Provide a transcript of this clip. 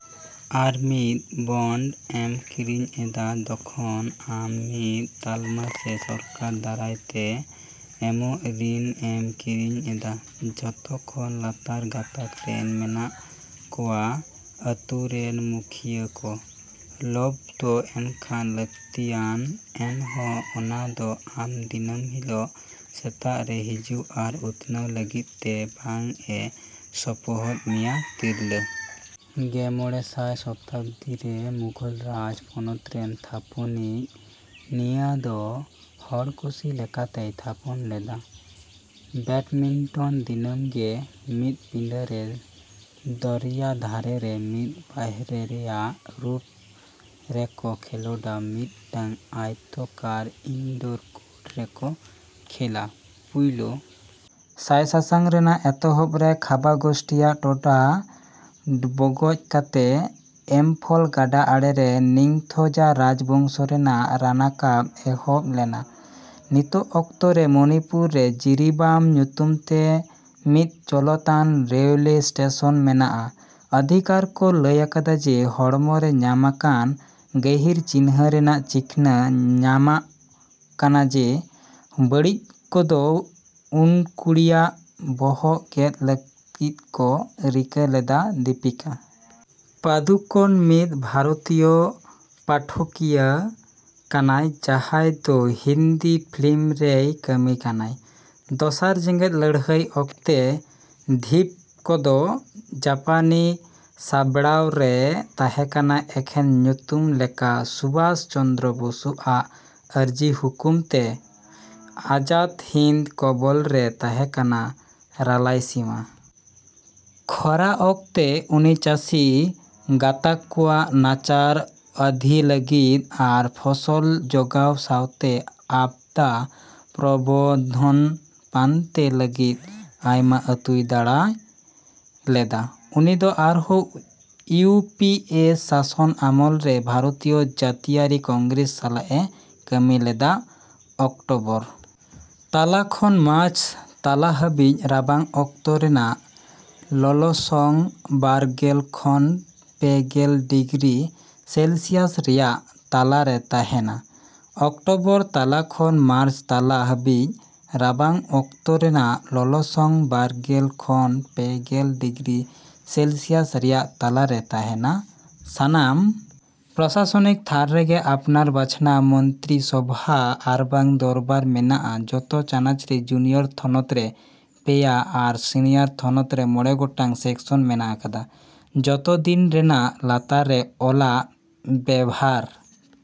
ᱟᱢ ᱢᱤᱫ ᱵᱚᱱᱰ ᱮᱢ ᱠᱤᱨᱤᱧ ᱮᱫᱟ, ᱛᱚᱠᱷᱚᱱ ᱟᱢ ᱢᱤᱫ ᱛᱟᱞᱢᱟ ᱥᱮ ᱥᱚᱨᱠᱟᱨ ᱫᱟᱨᱟᱭ ᱛᱮ ᱮᱢᱚᱜ ᱨᱤᱱ ᱮᱢ ᱠᱤᱨᱤᱧ ᱮᱫᱟ᱾ᱡᱚᱛᱚ ᱠᱷᱚᱱ ᱞᱟᱛᱟᱨ ᱜᱟᱸᱛᱟᱠ ᱨᱮ ᱢᱮᱱᱟᱜ ᱠᱚᱣᱟ ᱟᱛᱩ ᱨᱮᱱ ᱢᱩᱠᱷᱤᱭᱟᱹ ᱠᱚ᱾ᱞᱟᱵᱷᱫᱚ ᱮᱱᱠᱷᱟᱱ ᱞᱟᱹᱠᱛᱤᱭᱟᱱ, ᱮᱱᱦᱚᱸ ᱚᱱᱟᱫᱚ ᱟᱢ ᱫᱤᱱᱟᱹᱢ ᱦᱤᱞᱳᱜ ᱥᱮᱛᱟᱜᱽᱨᱮ ᱦᱤᱡᱩᱜ ᱟᱨ ᱩᱛᱱᱟᱹᱣ ᱞᱟᱹᱜᱤᱫᱛᱮ ᱵᱟᱝᱼᱮ ᱥᱚᱯᱚᱦᱚᱫ ᱢᱮᱭᱟ᱾ᱛᱤᱨᱞᱟᱹ ᱜᱮ ᱢᱚᱬᱮᱸ ᱥᱟᱭ ᱥᱚᱛᱟᱵᱽᱫᱤ ᱨᱮ ᱢᱩᱜᱷᱳᱞ ᱨᱟᱡᱽ ᱯᱚᱱᱚᱛᱨᱮᱱ ᱛᱷᱟᱯᱚᱱᱤᱡ, ᱱᱤᱭᱟᱹ ᱫᱚ ᱦᱚᱲᱠᱩᱥᱤ ᱞᱮᱠᱟᱛᱮᱭ ᱛᱷᱟᱯᱚᱱ ᱞᱮᱫᱟ᱾ᱵᱮᱰᱢᱤᱱᱴᱚᱱ ᱫᱤᱱᱟᱹᱢ ᱜᱮ ᱢᱤᱫ ᱯᱤᱸᱰᱟᱹ ᱥᱮ ᱫᱚᱨᱭᱟ ᱫᱷᱟᱨᱮ ᱨᱮ ᱢᱤᱫ ᱵᱟᱦᱨᱮ ᱨᱮᱭᱟᱜᱽ ᱨᱩᱯ ᱨᱮᱠᱚ ᱠᱷᱮᱞᱳᱰᱟ, ᱢᱤᱫ ᱴᱟᱝ ᱟᱭᱚᱛᱚᱠᱟᱨ ᱤᱱᱰᱚᱨ ᱠᱚᱨᱴ ᱨᱮᱠᱚ ᱠᱷᱮᱞᱟ᱾ᱯᱩᱭᱞᱳ ᱥᱟᱭᱥᱟᱭᱟᱝ ᱨᱮᱱᱟᱜ ᱮᱛᱚᱦᱵ ᱨᱮ, ᱠᱷᱟᱵᱟ ᱜᱳᱥᱴᱤᱭᱟᱜ ᱴᱚᱴᱷᱟ ᱵᱚᱜᱚᱡ ᱠᱟᱛᱮ, ᱤᱢᱯᱷᱚᱞ ᱜᱟᱰᱟ ᱟᱲᱮᱨᱮ ᱱᱤᱝᱛᱷᱳᱡᱟ ᱨᱟᱡᱽ ᱵᱚᱝᱥᱚ ᱨᱮᱱᱟᱜ ᱨᱟᱱᱟ ᱠᱟᱯ ᱮᱦᱚᱵ ᱞᱮᱱᱟ᱾ᱱᱤᱛᱚᱜ ᱚᱠᱛᱚ ᱨᱮ ᱢᱚᱱᱤᱯᱩᱨ ᱨᱮ ᱡᱤᱨᱤᱵᱟᱢ ᱧᱩᱛᱩᱢᱛᱮ ᱢᱤᱫ ᱪᱚᱞᱚᱛᱟᱱ ᱨᱮᱞᱣᱮ ᱥᱴᱮᱥᱚᱱ ᱢᱮᱱᱟᱜᱼᱟ᱾ᱟᱫᱷᱤᱠᱟᱨ ᱠᱚ ᱞᱟᱹᱭ ᱟᱠᱟᱫᱟ ᱡᱮ ᱦᱚᱲᱢᱚ ᱨᱮ ᱧᱟᱢ ᱟᱠᱟᱱ ᱜᱟᱹᱦᱤᱨ ᱪᱤᱱᱦᱟᱹ ᱨᱮᱱᱟᱜ ᱪᱤᱠᱷᱱᱟᱹ ᱧᱟᱢᱚᱜ ᱠᱟᱱᱟ ᱡᱮ ᱵᱟᱹᱲᱤᱡ ᱠᱚ ᱫᱚ ᱠᱩᱲᱤᱭᱟᱜ ᱵᱚᱦᱚᱜ ᱜᱮᱫᱽ ᱞᱟᱹᱜᱤᱫ ᱠᱚ ᱨᱤᱠᱟᱹ ᱞᱮᱫᱟ᱾ᱫᱤᱯᱤᱠᱟ ᱯᱟᱫᱩᱠᱚᱱ ᱢᱤᱫ ᱵᱷᱟᱨᱚᱛᱤᱭᱚ ᱯᱟᱴᱷᱚᱠᱤᱭᱟᱹ ᱠᱟᱱᱟᱭ ᱡᱟᱸᱦᱟᱭ ᱫᱚ ᱦᱤᱱᱫᱤ ᱯᱷᱤᱞᱤᱢ ᱨᱮᱭ ᱠᱟᱹᱢᱤ ᱠᱟᱱᱟᱭ᱾ᱫᱚᱥᱟᱨ ᱡᱮᱜᱮᱫ ᱞᱟᱹᱲᱦᱟᱹᱭ ᱚᱠᱛᱮ, ᱰᱷᱤᱯ ᱠᱚᱫᱚ ᱡᱟᱯᱟᱱᱤ ᱥᱟᱢᱵᱲᱟᱣ ᱨᱮ ᱛᱟᱦᱮᱸᱠᱟᱱᱟ, ᱮᱠᱷᱮᱱ ᱧᱩᱛᱩᱢ ᱞᱮᱠᱟ ᱥᱩᱵᱷᱟᱥ ᱪᱚᱱᱫᱚᱨᱚ ᱵᱚᱥᱩ ᱟᱜ ᱟᱨᱡᱤ ᱦᱚᱠᱩᱢ ᱛᱮ ᱟᱡᱟᱫᱽ ᱦᱤᱱᱫᱽ ᱜᱚᱵᱚᱞ ᱨᱮ ᱛᱟᱦᱮᱸᱠᱟᱱᱟ᱾ᱨᱟᱞᱟᱭᱥᱤᱢᱟ ᱠᱷᱚᱨᱟ ᱚᱠᱛᱮ, ᱩᱱᱤ ᱪᱟᱹᱥᱤ ᱜᱟᱸᱛᱟᱠ ᱠᱚᱣᱟᱜ ᱱᱟᱪᱟᱨ ᱟᱹᱫᱷᱤ ᱞᱟᱹᱜᱤᱫ ᱟᱨ ᱯᱷᱚᱥᱚᱞ ᱡᱚᱜᱟᱣ ᱥᱟᱶᱛᱮ ᱟᱯᱫᱟ ᱯᱨᱚᱵᱚᱸᱫᱷᱚᱱ ᱯᱟᱱᱛᱮ ᱞᱟᱹᱜᱤᱫ ᱟᱭᱢᱟ ᱟᱹᱛᱩᱭ ᱫᱟᱲᱟ ᱞᱮᱫᱟ᱾ᱩᱱᱤᱫᱚ ᱟᱨᱦᱚᱸ ᱤᱭᱩ ᱯᱤ ᱮ ᱥᱟᱥᱚᱱ ᱟᱢᱚᱞ ᱨᱮ ᱵᱷᱟᱨᱚᱛᱤᱭᱚ ᱡᱟᱹᱛᱤᱭᱟᱹᱨᱤ ᱠᱚᱝᱜᱨᱮᱥ ᱥᱟᱞᱟᱜᱼᱮ ᱠᱟᱹᱢᱤ ᱞᱮᱫᱟ᱾ᱚᱠᱴᱚᱵᱚᱨ ᱛᱟᱞᱟ ᱠᱷᱚᱱ ᱢᱟᱨᱪ ᱛᱟᱞᱟ ᱦᱟᱹᱵᱤᱡ ᱨᱟᱵᱟᱝ ᱚᱠᱛᱚ ᱨᱮᱱᱟᱜ ᱞᱚᱞᱚᱥᱚᱝ ᱵᱟᱨ ᱜᱮᱞ ᱠᱷᱚᱱ ᱯᱮ ᱜᱮᱞ ᱰᱤᱜᱽᱨᱤ ᱥᱮᱞᱥᱤᱭᱟᱥ ᱨᱮᱭᱟᱜ ᱛᱟᱞᱟ ᱨᱮ ᱛᱟᱦᱮᱸᱱᱟ᱾ᱚᱠᱴᱚᱵᱚᱨ ᱛᱟᱞᱟ ᱠᱷᱚᱱ ᱢᱟᱨᱪ ᱛᱟᱞᱟ ᱦᱟᱹᱵᱤᱡ ᱨᱟᱵᱟᱝ ᱚᱠᱛᱚ ᱨᱮᱱᱟᱜ ᱞᱚᱞᱚᱥᱚᱝ ᱵᱟᱨ ᱜᱮᱞ ᱠᱷᱚᱱ ᱯᱮ ᱜᱮᱞ ᱰᱤᱜᱽᱨᱤ ᱥᱮᱞᱥᱤᱭᱟᱥ ᱨᱮᱭᱟᱜ ᱛᱟᱞᱟ ᱨᱮ ᱛᱟᱦᱮᱸᱱᱟ᱾ᱥᱟᱱᱟᱢ ᱯᱨᱚᱥᱟᱥᱚᱱᱤᱠ ᱛᱷᱟᱨ ᱨᱮᱜᱮ ᱟᱯᱱᱟᱨ ᱵᱟᱪᱷᱱᱟᱶ ᱢᱚᱱᱛᱨᱤ ᱥᱚᱵᱷᱟ ᱟᱨᱵᱟᱝ ᱫᱚᱨᱵᱟᱨ ᱢᱮᱱᱟᱜᱼᱟ᱾ᱡᱚᱛᱚ ᱪᱟᱱᱟᱪᱨᱮ ᱡᱩᱱᱤᱭᱚᱨ ᱛᱷᱚᱱᱚᱛ ᱨᱮ ᱯᱮᱭᱟ ᱟᱨ ᱥᱤᱱᱤᱭᱚᱨ ᱛᱷᱚᱱᱚᱛ ᱨᱮ ᱢᱚᱬᱮ ᱜᱚᱴᱟᱝ ᱥᱮᱠᱥᱚᱱ ᱢᱮᱱᱟᱜ ᱟᱠᱟᱫᱟ᱾ᱡᱚᱛᱚ ᱫᱤᱱ ᱨᱮᱱᱟᱜ ᱞᱟᱛᱟᱨ ᱨᱮ ᱚᱞᱟᱜ ᱵᱮᱵᱷᱟᱨ